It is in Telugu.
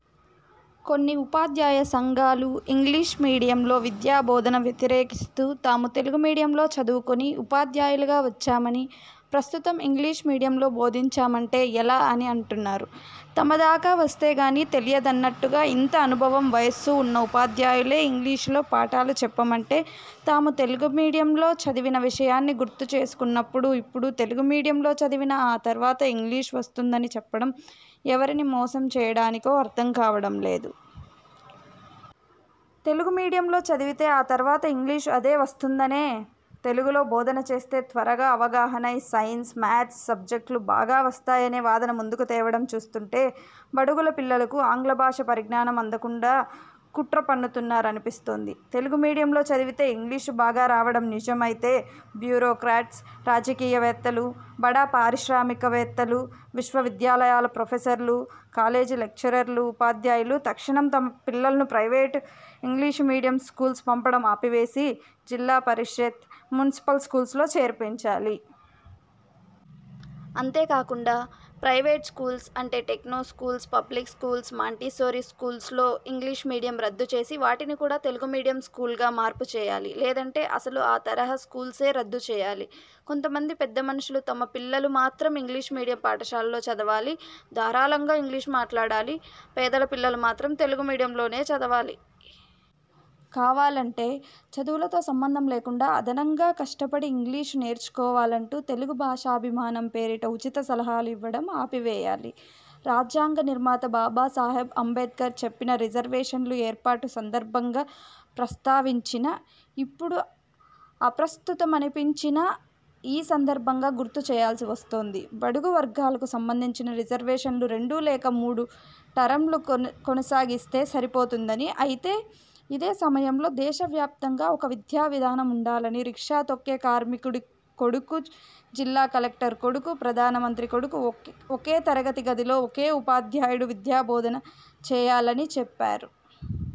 కొన్ని ఉపాధ్యాయ సంఘాలు ఇంగ్లీషు మీడియంలో విద్యా బోధనను వ్యతిరేకిస్తూ తాము తెలుగు మీడియంలో చదువుకొని ఉపాధ్యాయులుగా వచ్చామని, ప్రస్తుతం ఇంగ్లీషు మీడియంలో బోధించమంటే ఎలా అని అంటున్నారు. తమదాకా వస్తేకానీ తెలియదన్నట్టుగా ఇంత అనుభవం, వయస్సు వున్న ఉపాధ్యాయులే ఇంగ్లీషులో పాఠాలు చెప్పమంటే తాము తెలుగుమీడియంలో చదివిన విషయాన్ని గుర్తుచేస్తున్నప్పుడు ఇప్పుడు తెలుగుమీడియంలో చదివినా ఆ తర్వాత ఇంగ్లీషు వస్తుందని చెప్పడం ఎవరిని మోసం చేయడానికో అర్థం కావడం లేదు. తెలుగు మీడియంలో చదివితే ఆ తర్వాత ఇంగ్లీషు అదే వస్తుందనే, తెలుగులో భోధన చేస్తే త్వరగా అవగాహనై సైన్స్, మ్యాథ్స్ సబ్జెక్ట్లు బాగా వస్తాయనే వాదన ముందుకు తేవడం చూస్తుంటే బడుగుల పిల్లలకు ఆంగ్లభాష పరిజ్ఞానం అందకుండా కుట్రపన్నుతున్నారనిపిస్తోంది. తెలుగు మీడియంలో చదివితే ఇంగ్లీషు బాగా రావడం నిజమైతే బ్యూరోక్రాట్స్, రాజకీయవేత్తలు, బడా పారిశ్రామికవేత్తలు, విశ్వవిద్యాలయాల ప్రొఫెసర్లు, కాలేజీ లెక్చరర్లు, ఉపాధ్యాయులు తక్షణం తమ పిల్లలను ప్రైవేటు ఇంగ్లీషు మీడియం స్కూల్స్కు పంపడం ఆపివేసి, జిల్లా పరిషత్, మున్సిపల్ స్కూల్స్లో చేర్పించాలి. అంతేకాకుండా ప్రైవేట్ స్కూల్స్అంటే techno schools, public schools, Montessori స్కూల్స్లో ఇంగ్లీషు మీడియం రద్దుచేసి వాటిని కూడా తెలుగుమీడియం స్కూల్స్గా మార్పు చేయాలి. లేదంటే అసలు ఆ తరహా స్కూల్స్నే రద్దు చేయాలి. కొంతమంది పెద్దమనుషులు తమ పిల్లలు మాత్రం ఇంగ్లీషు మీడియం పాఠశాలలో చదవాలి, ధారాళంగా ఇంగ్లీషు మాట్లాడాలి, పేదల పిల్లలు మాత్రం తెలుగు మీడియంలోనే చదవాలి. కావాలంటే చదువులతో సంబంధం లేకుండా అదనంగా కష్టపడి ఇంగ్లీషు నేర్చుకోవాలంటూ తెలుగు భాషాభిమానం పేరిట ఉచిత సలహాలు ఇవ్వడం ఆపివేయాలి. రాజ్యాంగ నిర్మాత బాబా సాహెబ్ అంబేడ్కర్ చెప్పిన రిజర్వేషన్లు ఏర్పాటు సందర్భంగా ప్రస్తావించిన ఇప్పుడు అప్రస్తుతమనిపించినా ఈ సందర్భంగా గుర్తు చేయాల్సి వస్తోంది. బడుగువర్గాలకు సంబంధించిన రిజర్వేషన్లు రెండు లేక మూడు టరమ్లు కొనసాగిస్తే సరిపోతుందని, అయితే ఇదే సమయంలో దేశవ్యాప్తంగా ఒకే విద్యావిధానం వుండాలని, రిక్షా తొక్కే కార్మికుని కొడుకు, జిల్లా కలెక్టరు కొడుకు, ప్రధాన మంత్రి కొడుకు ఒకే తరగతి గదిలో, ఒకే ఉపాధ్యాయుడు విద్యాబోధన చేయాలని చెప్పారు.